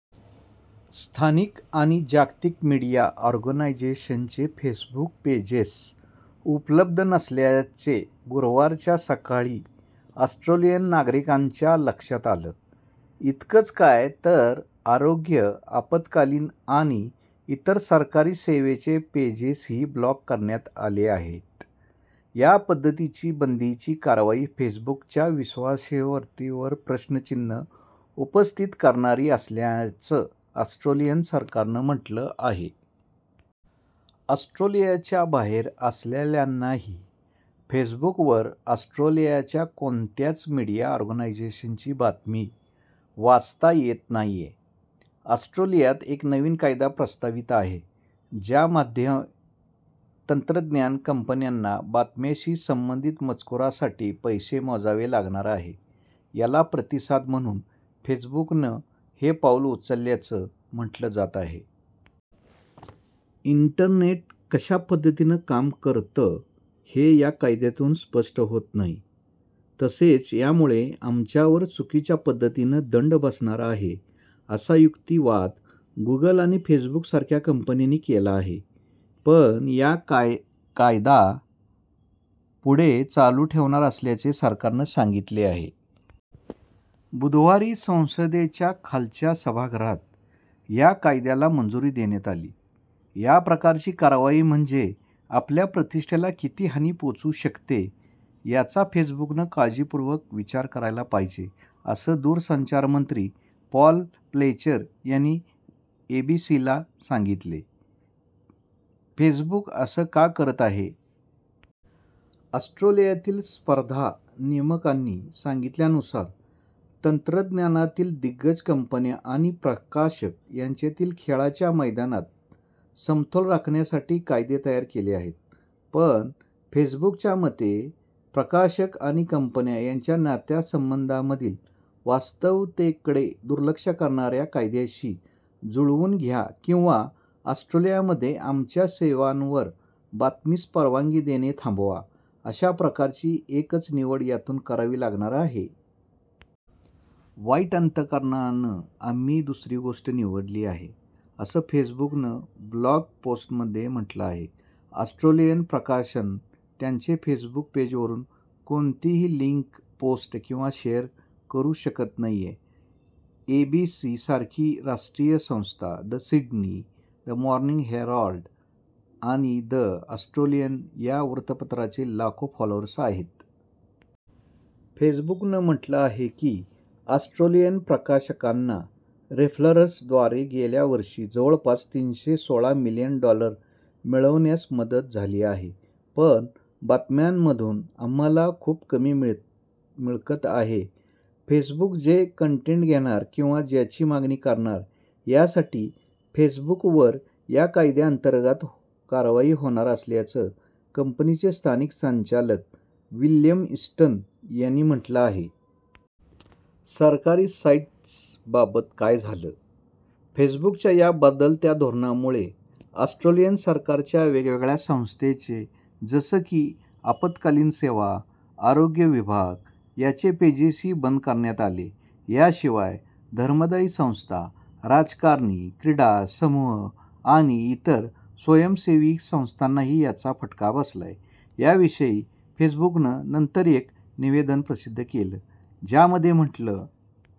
स्थानिक आणि जागतिक मीडिया ऑर्गनायजेशन्सचे फेसबुक पेजेस उपलब्ध नसल्याचं गुरुवारच्या सकाळी ऑस्ट्रेलियन नागरिकांच्या लक्षात आलं. इतकंच काय तर आरोग्य आपात्कालीन आणि इतर सरकारी सेवांचे पेजेसही ब्लॉक करण्यात आले आहेत. या पद्धतीची बंदीची कारवाई फेसबुकच्या विश्वासार्हतेवर प्रश्नचिन्ह उपस्थित करणारी असल्याचं ऑस्ट्रेलियन सरकारनं म्हटलं आहे. ऑस्ट्रेलियाच्या बाहेर असलेल्यांनाही फेसबुकवर ऑस्ट्रेलियाच्या कोणत्याच मीडिया ऑर्गनायजेशन्सची बातमी वाचता येत नाहीये. ऑस्ट्रेलियात एक नवीन कायदा प्रस्तावित आहे. ज्यामध्ये तंत्रज्ञान कंपन्यांना बातमीशी संबंधित मजकुरासाठी पैसे मोजावे लागणार आहे. याला प्रतिसाद म्हणून फेसबुकनं हे पाऊल उचलल्याचं म्हटलं जात आहे. इंटरनेट कशा पद्धतीनं काम करतं हे या कायद्यातून स्पष्ट होत नाही. तसंच यामुळे आमच्यावर चुकीच्या पद्धतीनं दंड बसणार आहे असा युक्तिवाद गुगल आणि फेसबुकसारख्या कंपन्यांनी केला आहे. पण या कायदा पुढे चालू ठेवणार असल्याचं सरकारनं सांगितलं आहे. बुधवारी संसदेच्या खालच्या सभागृहात या कायद्याला मंजुरी देण्यात आली. याप्रकारची कारवाई म्हणजे आपल्या प्रतिष्ठेला किती हानी पोहोचू शकते, याचा फेसबुकनं काळजीपूर्वक विचार करायला पाहिजे असं दूरसंचार मंत्री पॉल फ्लेचर यांनी एबीसीला सांगितलं. फेसबुक असं का करत आहे? ऑस्ट्रेलियातील स्पर्धा नियामकांनी सांगितल्यानुसार, तंत्रज्ञानातील दिग्गज कंपन्या आणि प्रकाशक यांच्यातील खेळाच्या मैदानात समतोल राखण्यासाठी कायदे तयार केले आहेत. पण फेसबुकच्या मते प्रकाशक आणि कंपन्या यांच्या नातेसंबंधांमधील वास्तविकतेकडे दुर्लक्ष करणाऱ्या कायद्याशी जुळवून घ्या किंवा ऑस्ट्रेलियामध्ये आमच्या सेवांवर बातमीस परवानगी देणे थांबवा, अशाप्रकारची एकच निवड यातून करावी लागणार आहे. वाईट अंतकरणानं आम्ही दुसरी गोष्ट निवडली आहे, असं फेसबुकनं ब्लॉग पोस्टमध्ये म्हटलं आहे. ऑस्ट्रेलियन प्रकाशनं त्यांच्या फेसबुक पेजवरून कोणतीही लिंक पोस्ट किंवा शेयर करू शकत नाहीये. एबीसी सारखी राष्ट्रीय संस्था, द सिडनी, मॉर्निंग हेराल्ड आणि द ऑस्ट्रेलियन या वृत्तपत्रांचे लाखो फॉलोअर्स आहेत. फेसबुकनं म्हटलं आहे की ऑस्ट्रेलियन प्रकाशकांना रेफरल्सद्वारे गेल्या वर्षी जवळपास तीनशे सोळा मिलियन डॉलर मिळवण्यास मदत झाली आहे। पण, बातम्यांमधून आम्हाला खूप कमी मिळकत आहे. फेसबुक जो कंटेट घेणार किंवा ज्याची मागणी करणार, यासाठी फेसबुकवर या कायद्यांतर्गत कारवाई होणार असल्याचं कंपनीचे स्थानिक संचालक विलियम ईस्टन यांनी म्हटलं आहे. सरकारी साईट्सबाबत काय झालं? फेसबुकच्या या बदलत्या धोरणांमुळे ऑस्ट्रेलियन सरकारच्या वेगवेगळ्या संस्थांचे जसं की आपत्कालीन सेवा, आरोग्य विभाग यांचे पेजेसही बंद करण्यात आले. याशिवाय धर्मादाय संस्था, राजकारणी, क्रीडा समूह आणि इतर स्वयंसेवी संस्थांनाही याचा फटका बसलाय. याविषयी फेसबुकनं नंतर एक निवेदन प्रसिद्ध केलं. ज्यामध्ये म्हटलं